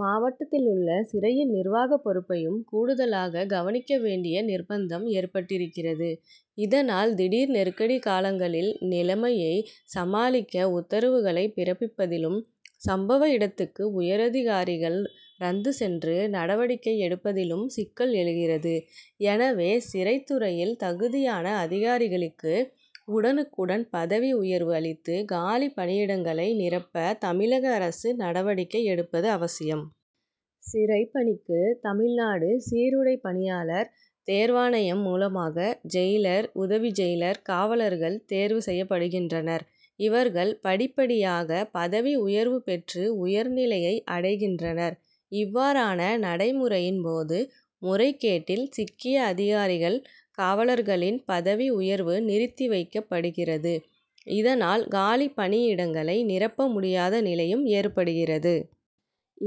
மாவட்டத்திலுள்ள சிறையின் நிர்வாக பொறுப்பையும் கூடுதலாக கவனிக்க வேண்டிய நிர்பந்தம் ஏற்பட்டிருக்கிறது. இதனால், திடீர் நெருக்கடி காலங்களில் நிலைமையை சமாளிக்க உத்தரவுகளை பிறப்பிப்பதிலும், சம்பவ இடத்துக்கு உயரதிகாரிகள் ரந்து சென்று நடவடிக்கை எடுப்பதிலும் சிக்கல் எழுகிறது. எனவே, சிறைத்துறையில் தகுதியான அதிகாரிகளுக்கு உடனுக்குடன் பதவி உயர்வு அளித்து, காலி பணியிடங்களை நிரப்ப தமிழக அரசு நடவடிக்கை எடுப்பது அவசியம். சிறை பணிக்கு, தமிழ்நாடு சீருடை பணியாளர் தேர்வாணையம் மூலமாக ஜெயிலர், உதவி ஜெயிலர், காவலர்கள் தேர்வு செய்யப்படுகின்றனர். இவர்கள் படிப்படியாக பதவி உயர்வு பெற்று உயர்நிலையை அடைகின்றனர். இவ்வாறான நடைமுறையின் போது முறைகேட்டில் சிக்கிய அதிகாரிகள், காவலர்களின் பதவி உயர்வு நிறுத்தி வைக்கப்படுகிறது. இதனால், காலி பணியிடங்களை நிரப்ப முடியாத நிலையும் ஏற்படுகிறது.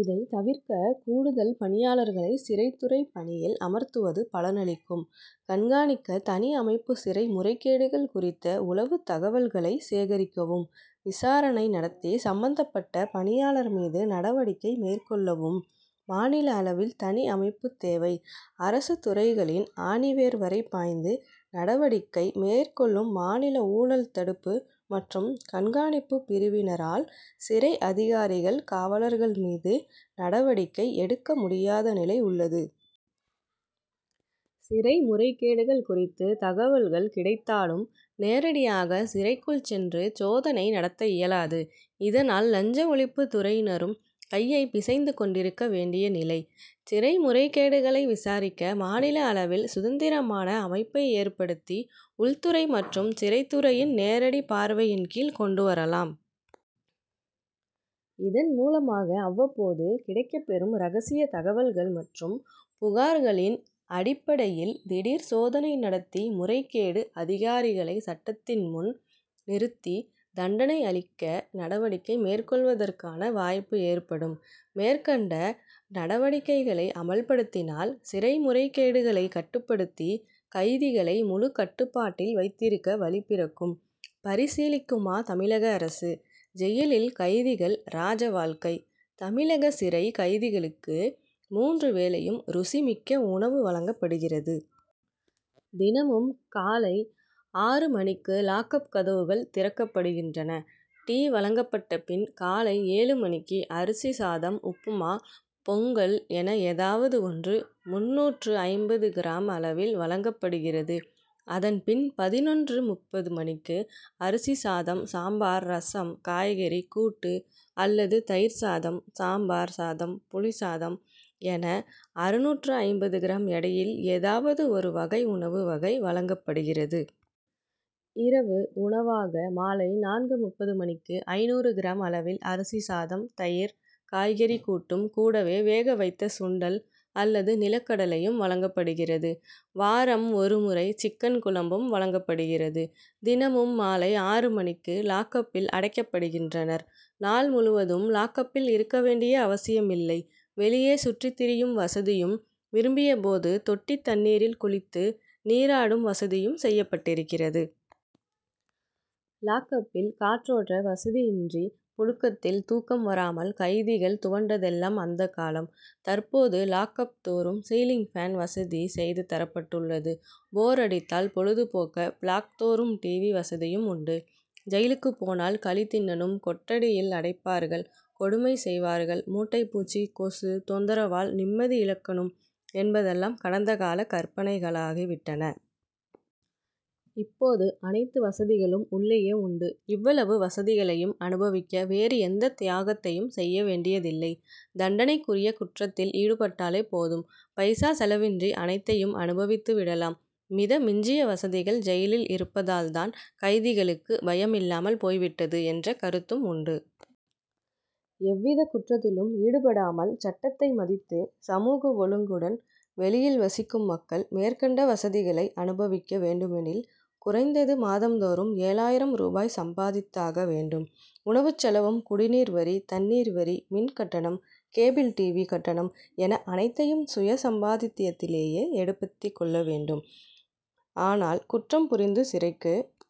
இதை தவிர்க்க, கூடுதல் பணியாளர்களை சிறைத்துறை பணியில் அமர்த்துவது பலனளிக்கும். கண்காணிக்க தனி அமைப்பு சிறை முறைகேடுகள் குறித்த உளவுத்தகவல்களை சேகரிக்கவும், விசாரணை நடத்தி சம்மந்தப்பட்ட பணியாளர் மீது நடவடிக்கை மேற்கொள்ளவும் மாநில அளவில் தனி அமைப்பு தேவை. அரசுத்துறைகளின் ஆணிவேர் வரை பாய்ந்து நடவடிக்கை மேற்கொள்ளும் மாநில ஊழல் தடுப்பு மற்றும் கண்காணிப்பு பிரிவினரால், சிறை அதிகாரிகள், காவலர்கள் மீது நடவடிக்கை எடுக்க முடியாத நிலை உள்ளது. சிறைமுறைகேடுகள் குறித்து தகவல்கள் கிடைத்தாலும், நேரடியாக சிறைக்குள் சென்று சோதனை நடத்தஇயலாது. இதனால், லஞ்ச ஒழிப்பு துறையினரும் கையை பிசைந்து கொண்டிருக்க வேண்டிய நிலை. சிறை முறைகேடுகளை விசாரிக்க மாநில அளவில் சுதந்திரமான அமைப்பை ஏற்படுத்தி, உள்துறை மற்றும் சிறைத்துறையின் நேரடி பார்வையின் கீழ் கொண்டுவரலாம். இதன் மூலமாக, அவ்வப்போது கிடைக்கப்பெறும் ரகசிய தகவல்கள் மற்றும் புகார்களின் அடிப்படையில் திடீர் சோதனை நடத்தி, முறைகேடு அதிகாரிகளை சட்டத்தின் முன் நிறுத்தி தண்டனை அளிக்க நடவடிக்கை மேற்கொள்வதற்கான வாய்ப்பு ஏற்படும். மேற்கண்ட நடவடிக்கைகளை அமல்படுத்தினால், சிறை முறைகேடுகளை கட்டுப்படுத்தி, கைதிகளை முழு கட்டுப்பாட்டில் வைத்திருக்க வழி பிறக்கும்; பரிசீலிக்குமா தமிழக அரசு ஜெயிலில் கைதிகள், ராஜ வாழ்க்கை தமிழக சிறை கைதிகளுக்கு மூன்று வேளையும் ருசி மிக்க உணவு வழங்கப்படுகிறது. தினமும் காலை ஆறு மணிக்கு லாக்கப்' கதவுகள் திறக்கப்படுகின்றன. டீ வழங்கப்பட்ட பின் காலை ஏழு மணிக்கு அரிசி சாதம், உப்புமா, பொங்கல் என ஏதாவது ஒன்று முன்னூற்று ஐம்பது கிராம் அளவில் வழங்கப்படுகிறது. அதன் பின், பதினொன்று.முப்பது மணிக்கு அரிசி சாதம், சாம்பார், ரசம், காய்கறி கூட்டு அல்லது தயிர் சாதம், சாம்பார் சாதம், புளிசாதம் என அறுநூற்று ஐம்பது கிராம் எடையில் ஏதாவது ஒரு வகை உணவு வகை வழங்கப்படுகிறது. இரவு உணவாக, மாலை நான்கு.முப்பது மணிக்கு ஐநூறு கிராம் அளவில் அரிசி சாதம், தயிர், காய்கறி கூட்டும், கூடவே வேக வைத்த சுண்டல் அல்லது நிலக்கடலையும் வழங்கப்படுகிறது. வாரம் ஒரு முறை சிக்கன் குழம்பும் வழங்கப்படுகிறது. தினமும் மாலை ஆறு மணிக்கு லாக்கப்பில் அடைக்கப்படுகின்றனர். நாள் முழுவதும் லாக்கப்பில் இருக்க வேண்டிய அவசியமில்லை வெளியே சுற்றித்திரியும் வசதியும், விரும்பிய போது தொட்டி தண்ணீரில் குளித்து நீராடும் வசதியும் செய்யப்பட்டிருக்கிறது. லாக்கப்'பில் காற்றோட்ட வசதியின்றி புழுக்கத்தில் தூக்கம் வராமல் கைதிகள் துவண்டதெல்லாம் அந்தக்காலம். தற்போது, லாக்கப் தோறும் சீலிங் பேன்' வசதி செய்து தரப்பட்டுள்ளது. போர் அடித்தால்' பொழுது போக்க பிளாக்' தோறும் டிவி' வசதியும் உண்டு. ஜெயிலுக்கு போனால் களி திண்ணனும்; கொட்டடியில் அடைப்பார்கள்; கொடுமை செய்வார்கள்; மூட்டைப்பூச்சி, கொசு தொந்தரவால் நிம்மதியிழக்கனும்' என்பதெல்லாம் கடந்தகால கற்பனைகளாகிவிட்டன. இப்போது, அனைத்து வசதிகளும் உள்ளேயே உண்டு. இவ்வளவு வசதிகளையும் அனுபவிக்க வேறு எந்த தியாகத்தையும் செய்ய வேண்டியதில்லை; தண்டனைக்குரிய குற்றத்தில் ஈடுபட்டாலே போதும், பைசா செலவின்றி அனைத்தையும் அனுபவித்து விடலாம். மித மிஞ்சிய வசதிகள் ஜெயிலில் இருப்பதால் தான், கைதிகளுக்கு பயமில்லாமல் போய் விட்டது' என்ற கருத்தும் உண்டு. எவ்வித குற்றத்திலும் ஈடுபடாமல், சட்டத்தை மதித்து சமூக ஒழுங்குடன் வெளியில் வசிக்கும் மக்கள், மேற்கண்ட வசதிகளை அனுபவிக்க வேண்டுமெனில், குறைந்தது மாதம்தோறும் ஏழாயிரம் ரூபாய் சம்பாதித்தாக வேண்டும். உணவுச்செலவு, குடிநீர் வரி, தண்ணீர் வரி, மின் கட்டணம், கேபிள் டிவி' கட்டணம் என அனைத்தையும் சுய சம்பாத்தியத்திலேயே ஏடுபத்திக் கொள்ள வேண்டும். ஆனால், குற்றம் புரிந்து சிறைக்கு